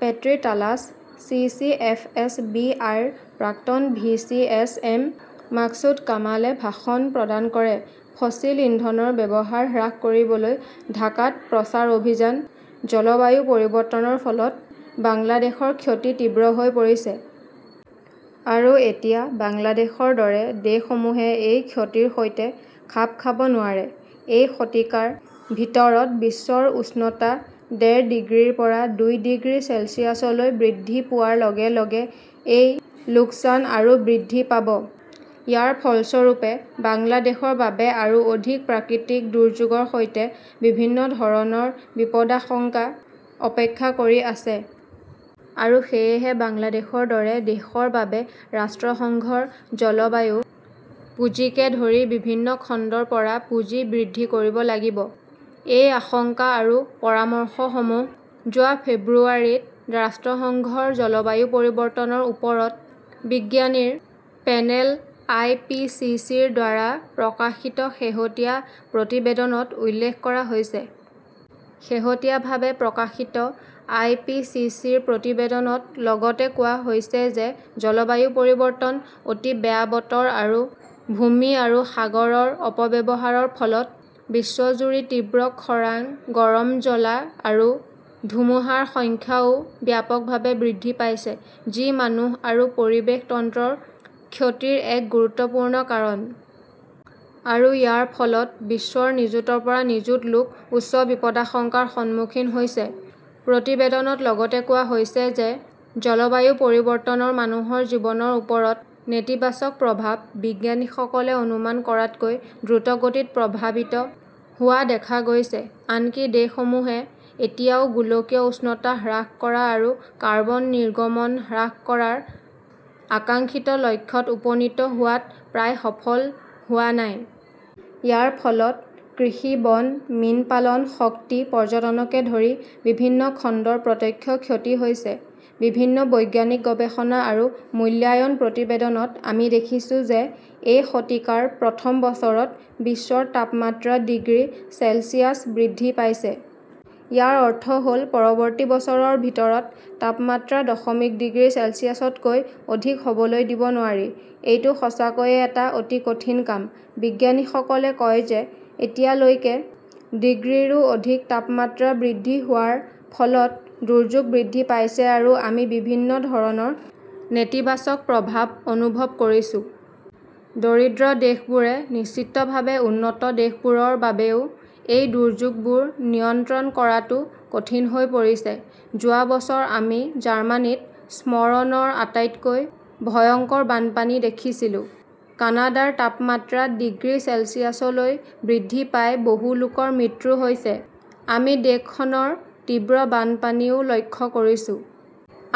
পেট্ৰী Taalas, C. C. F. S. B. I. -ৰ প্ৰাক্তন V. C. S. M. Maksud কামাল-এ ভাষণ প্ৰদান কৰে। ফসিল ইন্ধনৰ ব্যৱহাৰ হ্ৰাস কৰিবলৈ ঢাকাত প্ৰচাৰ অভিযান জলবায়ু পৰিৱৰ্তনৰ ফলত বাংলাদেশৰ ক্ষতি তীব্ৰ হৈ পৰিছে। আৰু এতিয়া বাংলাদেশৰ দৰে দেশসমূহে এই ক্ষতিৰ সৈতে খাপ খাব নোৱাৰে। এই শতিকাৰ ভিতৰত বিশ্বৰ উষ্ণতা ডেৰ ডিগ্ৰীৰ পৰা দুই ডিগ্ৰী চেলছিয়াছলৈ বৃদ্ধি পোৱাৰ লগে লগে এই লোকচান আৰু বৃদ্ধি পাব। ইয়াৰ ফলস্বৰূপে বাংলাদেশৰ বাবে আৰু অধিক প্ৰাকৃতিক দুৰ্যোগৰ সৈতে বিভিন্ন ধৰণৰ বিপদাশংকা অপেক্ষা কৰি আছে। আৰু সেয়েহে বাংলাদেশৰ দৰে দেশৰ বাবে ৰাষ্ট্ৰসংঘৰ জলবায়ু পুঁজিকে ধৰি বিভিন্ন খণ্ডৰ পৰা পুঁজি বৃদ্ধি কৰিব লাগিব। এই আশংকা আৰু পৰামৰ্শসমূহ যোৱা ফেব্ৰুৱাৰীত ৰাষ্ট্ৰসংঘৰ জলবায়ু পৰিৱৰ্তনৰ ওপৰত বিজ্ঞানীৰ পেনেল-আই. পি. চি. চি. -ৰ দ্বাৰা প্ৰকাশিত শেহতীয়া প্ৰতিবেদনত উল্লেখ কৰা হৈছে। শেহতীয়াভাৱে প্ৰকাশিত আই. পি. চি. চি. -ৰ প্ৰতিবেদনত লগতে কোৱা হৈছে যে জলবায়ু পৰিৱৰ্তন, অতি বেয়া বতৰ আৰু ভূমি আৰু সাগৰৰ অপব্যৱহাৰৰ ফলত বিশ্বজুৰি তীব্ৰ খৰাং, গৰম জ্বলা আৰু ধুমুহাৰ সংখ্যাও ব্যাপকভাৱে বৃদ্ধি পাইছে, যি মানুহ আৰু পৰিৱেশ তন্ত্ৰৰ ক্ষতিৰ এক গুৰুত্বপূৰ্ণ কাৰণ। আৰু ইয়াৰ ফলত বিশ্বৰ নিযুতৰ পৰা নিযুত লোক উচ্চ বিপদাশংকাৰ সন্মুখীন হৈছে। প্ৰতিবেদনত লগতে কোৱা হৈছে যে জলবায়ু পৰিৱৰ্তনৰ মানুহৰ জীৱনৰ ওপৰত নেতিবাচক প্ৰভাৱ বিজ্ঞানীসকলে অনুমান কৰাতকৈ দ্ৰুতগতিত প্ৰভাৱিত হোৱা দেখা গৈছে। আনকি দেশসমূহে এতিয়াও গোলকীয় উষ্ণতা হ্ৰাস কৰা আৰু কাৰ্বন নিৰ্গমন হ্ৰাস কৰাৰ আকাংক্ষিত লক্ষ্যত উপনীত হোৱাত প্ৰায় সফল হোৱা নাই। ইয়াৰ ফলত কৃষি, বন, মীন পালন, শক্তি, পৰ্যটনকে ধৰি বিভিন্ন খণ্ডৰ প্ৰত্যক্ষ ক্ষতি হৈছে। বিভিন্ন বৈজ্ঞানিক গৱেষণা আৰু মূল্যায়ন প্ৰতিবেদনত আমি দেখিছো যে এই শতিকাৰ প্ৰথম বছৰত বিশ্বৰ তাপমাত্ৰা ডিগ্ৰী চেলছিয়াছ বৃদ্ধি পাইছে। ইয়াৰ অৰ্থ হ'ল পৰৱৰ্তী বছৰৰ ভিতৰত তাপমাত্ৰা দশমিক ডিগ্ৰী চেলছিয়াছতকৈ অধিক হ'বলৈ দিব নোৱাৰি। এইটো সঁচাকৈয়ে এটা অতি কঠিন কাম। বিজ্ঞানীসকলে কয় যে এতিয়ালৈকে ডিগ্ৰীৰো অধিক তাপমাত্ৰা বৃদ্ধি হোৱাৰ ফলত দুৰ্যোগ বৃদ্ধি পাইছে আৰু আমি বিভিন্ন ধৰণৰ নেতিবাচক প্ৰভাৱ অনুভৱ কৰিছো। দৰিদ্ৰ দেশবোৰে নিশ্চিতভাৱে উন্নত দেশবোৰৰ বাবেও এই দুৰ্যোগবোৰ নিয়ন্ত্ৰণ কৰাটো কঠিন হৈ পৰিছে। যোৱা বছৰ আমি জাৰ্মানীত স্মৰণৰ আটাইতকৈ ভয়ংকৰ বানপানী দেখিছিলোঁ। কানাডাৰ তাপমাত্ৰা ডিগ্ৰী চেলছিয়াছলৈ বৃদ্ধি পাই বহু লোকৰ মৃত্যু হৈছে, আমি দেশখনৰ তীব্ৰ বানপানীও লক্ষ্য কৰিছো।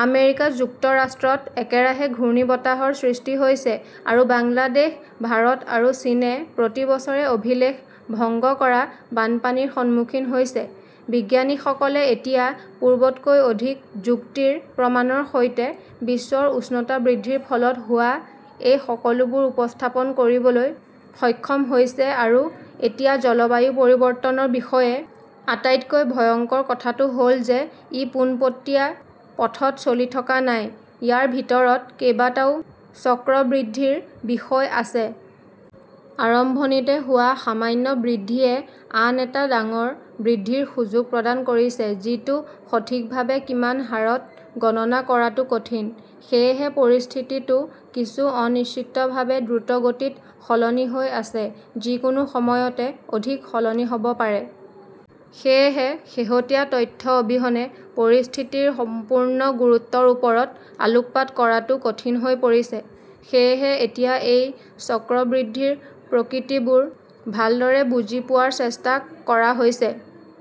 আমেৰিকা যুক্তৰাষ্ট্ৰত একেৰাহে ঘূৰ্ণীবতাহৰ সৃষ্টি হৈছে। আৰু বাংলাদেশ, ভাৰত আৰু চীনে প্ৰতি বছৰে অভিলেখ ভংগ কৰা বানপানীৰ সন্মুখীন হৈছে। বিজ্ঞানীসকলে এতিয়া পূৰ্বতকৈ অধিক যুক্তিৰ প্ৰমাণৰ সৈতে বিশ্বৰ উষ্ণতা বৃদ্ধিৰ ফলত হোৱা এই সকলোবোৰ উপস্থাপন কৰিবলৈ সক্ষম হৈছে আৰু এতিয়া জলবায়ু পৰিৱৰ্তনৰ বিষয়ে আটাইতকৈ ভয়ংকৰ কথাটো হ 'ল যে ই পোনপটীয়া পথত চলি থকা নাই, ইয়াৰ ভিতৰত কেইবাটাও চক্ৰবৃদ্ধিৰ বিষয় আছে। আৰম্ভণিতে হোৱা সামান্য বৃদ্ধিয়ে আন এটা ডাঙৰ বৃদ্ধিৰ সুযোগ প্ৰদান কৰিছে যিটো সঠিকভাৱে কিমান হাৰত গণনা কৰাটো কঠিন। সেয়েহে পৰিস্থিতিটো কিছু অনিশ্চিতভাৱে দ্ৰুতগতিত সলনি হৈ আছে, যিকোনো সময়তে অধিক সলনি হ 'ব পাৰে। সেয়েহে, শেহতীয়া তথ্য অবিহনে পৰিস্থিতিৰ সম্পূৰ্ণ গুৰুত্বৰ ওপৰত আলোকপাত কৰাটো কঠিন হৈ পৰিছে। সেয়েহে এতিয়া এই চক্ৰবৃদ্ধিৰ প্ৰকৃতিবোৰ ভালদৰে বুজি পোৱাৰ চেষ্টা কৰা হৈছে।